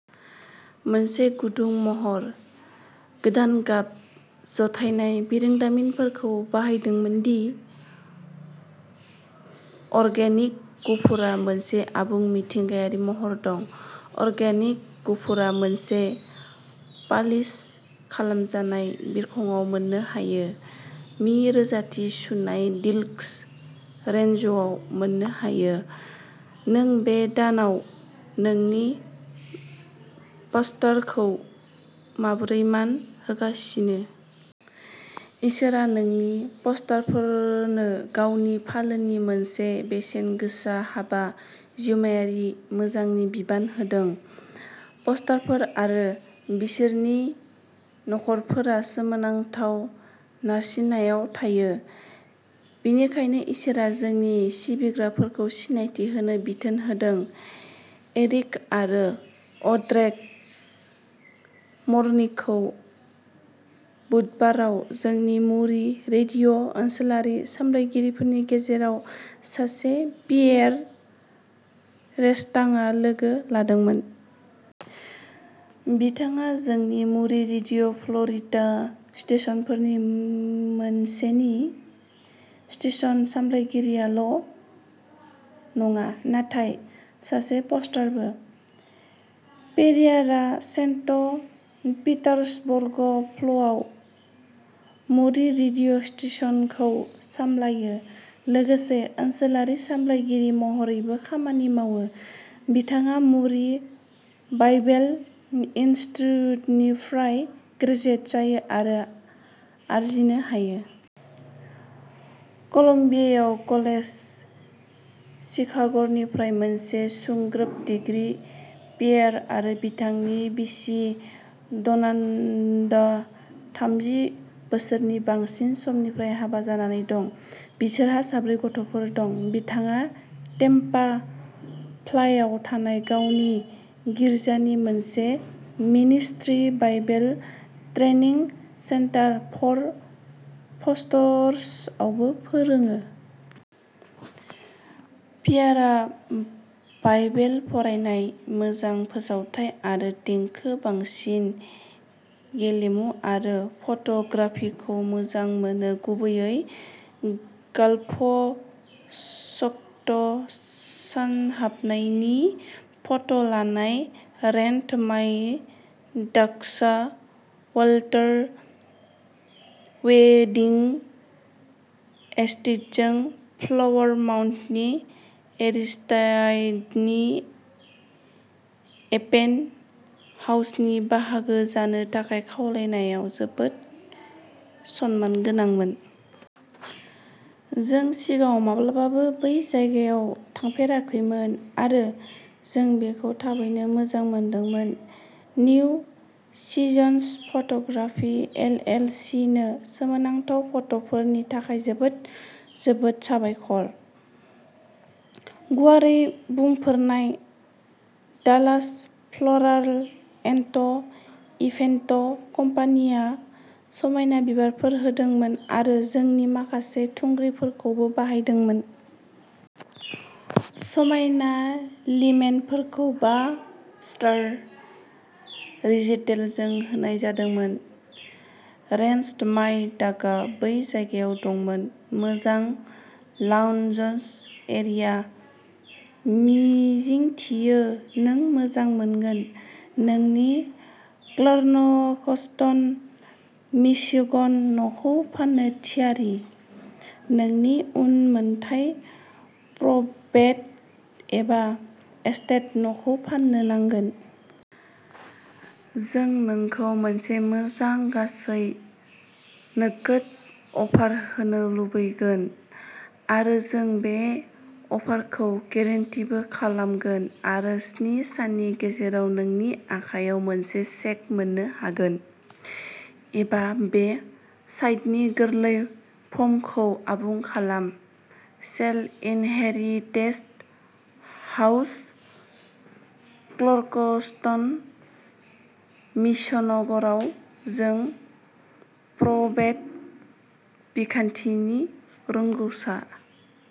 मोनसे गुदुं महर। गोदान गाब जथायनाय बिरोंदामिनफोरखौ बाहायदोंमोन दि अर्गेनिक गुफुरआ मोनसे आबुं मिथिंगायारि महर दं। अर्गेनिक गुफुरआ मोनसे पालिश खालामजानाय बिखंआव मोननो हायो। मि रोजाथि सुनाय डिलक्स रेन्जआव मोननो हायो। नों बे दानाव नोंनि पास्टरखौ माबोरै मान होगासिनो? इसोरआ नोंनि पस्टारफोरनो गावनि फालोनि मोनसे बेसेनगोसा हाबा जिउमायारि मोजांनि बिबान होदों। पस्टारफोर आरो बिसोरनि नखरफोरा सोमोनांथाव नारसिननायाव थायो। बेनिखायनो इसोरआ जोंनि सिबिग्राफोरखौ सिनायथि होनो बिथोन होदों। एरिक आरो अड्रेग मर्निखौ बुधबाराव जोंनि मुरी रेडिय' ओनसोलारि सामलायगिरिफोरनि गेजेराव सासे पियेर रेस्टांआ लोगो लादोंमोन। बिथाङा जोंनि मुरी रेडिय'फ्ल'रिडा स्टेशनफोरनि मोनसेनि स्टेशन सामलायगिरियाल' नङा, नाथाय सासे पस्टारबो। पेरियारआ सेन्ट पिटार्सबर्ग फ्ल'आव मुरी रेडिय' स्टेशनखौ सामलायो, लोगोसे ओनसोलारि सामलायगिरि महरैबो खामानि मावो। बिथाङा मुरी बाइबेल इनस्टियुटनिफ्राय ग्रेजुवेट जायो आरो आरजिनो हायो। कलम्बियाव कलेज शिकाग'निफ्राय मोनसे सुंज्रोब डिग्री पियेर आरो बिथांनि बिसि डनान्द' थामजि बोसोरनि बांसिन समनिफ्राय हाबा जानानै दं, बिसोरहा साब्रै गथ'फोर दं। बिथाङा टेम्पा फ्लायाव थानाय गावनि गिर्जानि मोनसे ministry, Bible training centre for पस्टर्सआवबो फोरोङो। पियारआ बाइबेल फरायनाय, मोजां फोसावथाइ आरो देंखो, बांसिन गेलेमु आरो फट'ग्राफिखौ मोजां मोनो गुबैयै गाल्फ सक्ट' सानहाबनायनि फट' लानाय रेन्ट माइ डाक्सआ वाल्टार वेडिंग एस्टेटजों फ्लावर माउन्डनि एरिस्टाइडनि एपेन हाउसनि बाहागो जानो थाखाय खावलायनायाव जोबोद सनमानगोनांमोन। जों सिगाङाव माब्लाबाबो बै जायगायाव थांफेराखैमोन आरो जों बेखौ थाबैनो मोजां मोनदोंमोन। New Seasons photography L L C नो सोमोनांथाव फट'फोरनि थाखाय जोबोद जोबोद साबायखर। गुवारै बुंफोरनाय डालास फ्ल'राल एन्ट' इभेन्ट' कम्पानिया समायना बिबारफोर होदोंमोन आरो जोंनि माखासे थुंग्रिफोरखौबो बाहायदोंमोन। समायना लिमेनफोरखौ बा स्टार रेजिटेलजों होनाय जादोंमोन। रेन्टस्ड माइ डाकआ बै जायगायाव दंमोन। मोजां लाउन्ज एरिया मिजिंथियो नों मोजां मोनगोन! नोंनि क्लार्नकस्टन मिशिगन न'खौ फान्नो थियारि? नोंनि उनमोनथाइ प्रबेट एबा एस्टेट न'खौ फान्नो नांगोन। जों नोंखौ मोनसे मोजां गासै नोगोद अफार होनो लुबैगोन। आरो जों बे अफारखौ गेरेन्टीबो खालामगोन आरो स्नि साननि गेजेराव नोंनि आखायाव मोनसे चेक मोन्नो हागोन। एबा बे साइटनि गोरलै फर्मखौ आबुं खालाम। सेल इनहेरिटेज हाउस क्लर्कस्टन मिशनगरआव जों प्रबेट बिखान्थिनि रोंग'सा।